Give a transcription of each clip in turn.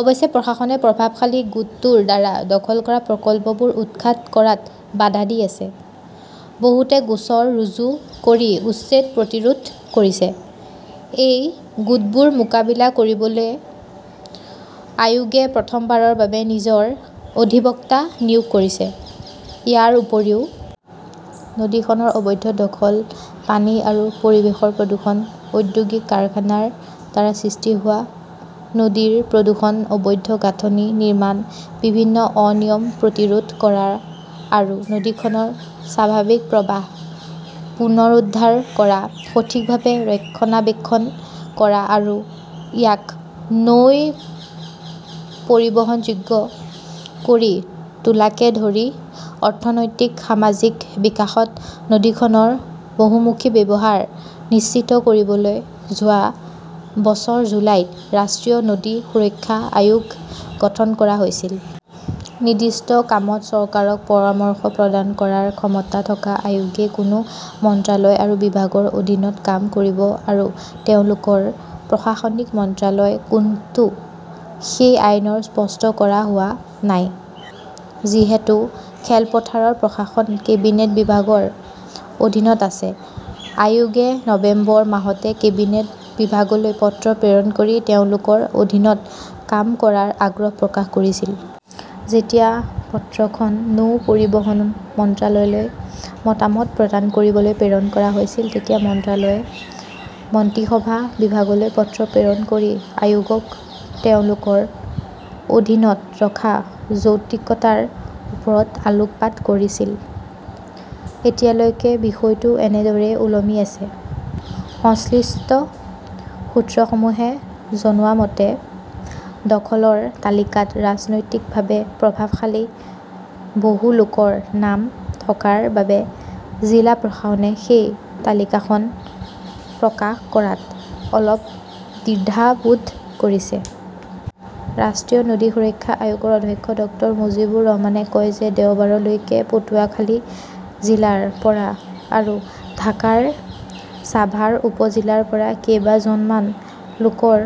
অৱশ্যে, প্ৰশাসনে প্ৰভাৱশালী গোটটোৰ দ্বাৰা দখল কৰা প্ৰকল্পবোৰ উৎখাত কৰাত বাধা দি আছে। বহুতে গোচৰ ৰুজু কৰি উচ্ছেদ প্ৰতিৰোধ কৰিছে। এই গোচৰবোৰ মোকাবিলা কৰিবলৈ আয়োগে প্ৰথমবাৰৰ বাবে নিজৰ অধিবক্তা নিয়োগ কৰিছে। ইয়াৰ উপৰিও, নদীখনৰ অবৈধ দখল, পানী আৰু পৰিৱেশৰ প্ৰদূষণ, ঔদ্যোগিক কাৰখানাৰ দ্বাৰা সৃষ্টি হোৱা নদীৰ প্ৰদূষণ, অবৈধ গাঁথনি নিৰ্মাণ, বিভিন্ন অনিয়ম প্ৰতিৰোধ কৰা আৰু নদীখনৰ স্বাভাৱিক প্ৰবাহ পুনৰুদ্ধাৰ কৰা, সঠিকভাৱে ৰক্ষণাবেক্ষণ কৰা আৰু ইয়াক নৌ-পৰিবহণযোগ্য কৰি তোলাকে ধৰি অৰ্থনৈতিক-সামাজিক বিকাশত নদীখনৰ বহুমুখী ব্যৱহাৰ নিশ্চিত কৰিবলৈ যোৱা বছৰ জুলাইত ৰাষ্ট্ৰীয় নদী সুৰক্ষা আয়োগ গঠন কৰা হৈছিল। নিৰ্দিষ্ট কামত চৰকাৰক পৰামৰ্শ প্ৰদান কৰাৰ ক্ষমতা থকা আয়োগে কোনো মন্ত্ৰালয় আৰু বিভাগৰ অধীনত কাম কৰিব বা তেওঁলোকৰ প্ৰশাসনিক মন্ত্ৰালয় কোনটো সেয়া আইনত স্পষ্ট কৰা হোৱা নাই। যিহেতু খেলপথাৰৰ প্ৰশাসন কেবিনেট বিভাগৰ অধীনত আছে, আয়োগে নৱেম্বৰ, মাহতে কেবিনেট বিভাগলৈ পত্ৰ প্ৰেৰণ কৰি তেওঁলোকৰ অধীনত কাম কৰাৰ আগ্ৰহ প্ৰকাশ কৰিছিল। যেতিয়া পত্ৰখন নৌ পৰিবহণ মন্ত্ৰালয়লৈ মতামত প্ৰদান কৰিবলৈ প্ৰেৰণ কৰা হৈছিল, তেতিয়া মন্ত্ৰালয়ে মন্ত্ৰীসভা বিভাগলৈ পত্ৰ প্ৰেৰণ কৰি আয়োগক তেওঁলোকৰ অধীনত ৰখাৰ যৌক্তিকতাৰ ওপৰত আলোকপাত কৰিছিল। এতিয়ালৈকে বিষয়টো এনেদৰেই ওলমি আছে। সংশ্লিষ্ট সূত্ৰসমূহে জনোৱা মতে, দখলৰ তালিকাত ৰাজনৈতিকভাৱে প্ৰভাৱশালী বহু লোকৰ নাম থকাৰ বাবে জিলা প্ৰশাসনে সেই তালিকাখন প্ৰকাশ কৰাত অলপ দ্বিধাবোধ কৰিছে। ৰাষ্ট্ৰীয় নদী সুৰক্ষা আয়োগৰ অধ্যক্ষ ডাঃ মুজিবুৰ ৰহমানে কয় যে দেওবাৰলৈকে পটুৱাখালি জিলাৰ পৰা আৰু ঢাকাৰ ছাভাৰ উপ-জিলাৰ পৰা কেইবা জন মান লোকৰ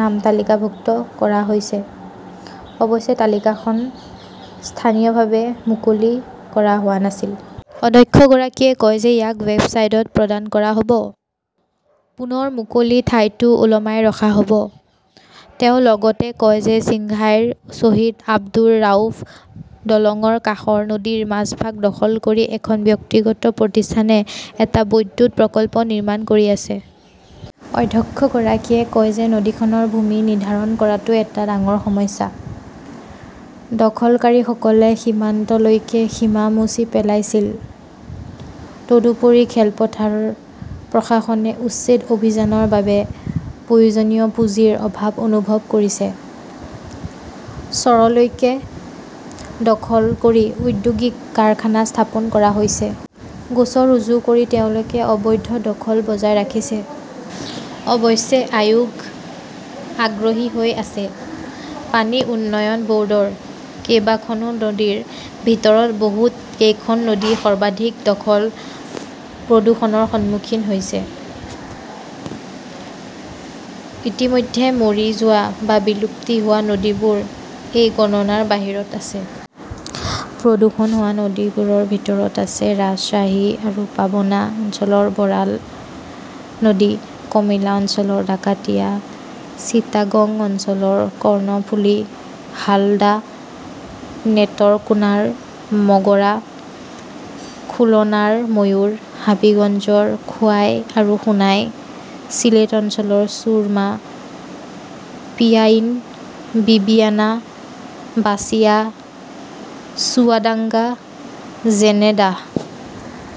নাম তালিকাভুক্ত কৰা হৈছে। অৱশ্যে, তালিকাখন স্থানীয়ভাৱে মুকলি কৰা হোৱা নাছিল। অধ্যক্ষগৰাকীয়ে কয় যে ইয়াক ৱেবছাইটত প্ৰদান কৰা হব। পুনৰ মুকলি ঠাইতো ওলমাই ৰখা হব। তেওঁ লগতে কয় যে সিংহাইৰ শ্বহীদ আব্দুৰ ৰাউফ দলংৰ কাষৰ নদীৰ মাজভাগ দখল কৰি এখন ব্যক্তিগত প্ৰতিষ্ঠানে এটা বিদ্যুৎ প্ৰকল্প নিৰ্মাণ কৰি আছে। অধ্যক্ষগৰাকীয়ে কয় যে নদীখনৰ ভূমি নিৰ্ধাৰণ কৰাটো এটা ডাঙৰ সমস্যা। দখলকাৰীসকলে সীমান্তলৈকে সীমা মচি পেলাইছিল। তদুপৰি, খেলপথাৰ প্ৰশাসনে উচ্ছেদ অভিযানৰ বাবে প্ৰয়োজনীয় পুঁজিৰ অভাৱ অনুভৱ কৰিছে। চৰলৈকে দখল কৰি ঔদ্যোগিক কাৰখানা স্থাপন কৰা হৈছে। গোচৰ ৰুজু কৰি তেওঁলোকে অবৈধ দখল বজাই ৰাখিছে। অৱশ্যে আয়োগ আগ্ৰহী হৈ আছে। পানী উন্নয়ন বৰ্ডৰ কেইবা খনো নদীৰ ভিতৰত বহুত কেইখন নদী সৰ্বাধিক দখল-প্ৰদূষণৰ সন্মুখীন হৈছে। ইতিমধ্যে মৰি যোৱা বা বিলুপ্ত হোৱা নদীবোৰ এই গণনাৰ বাহিৰত আছে। প্ৰদূষণ হোৱা নদীবোৰৰ ভিতৰত আছে ৰাজশ্বাহী আৰু পাবনা অঞ্চলৰ বৰাল নদী; কমিলা অঞ্চলৰ ডাকাতিয়া; চিটাগং অঞ্চলৰ কৰ্ণফুলি, হালদা; নেটৰকোনাৰ মগৰা; খুলনাৰ ময়ূৰ; হাবিগঞ্জৰ খোৱাই আৰু সোনাই; চিলেট অঞ্চলৰ ছুৰমা, পিয়াইন, বিবিয়ানা, বাচিয়া; চুৱাদাঙ্গা-ঝেনদাহ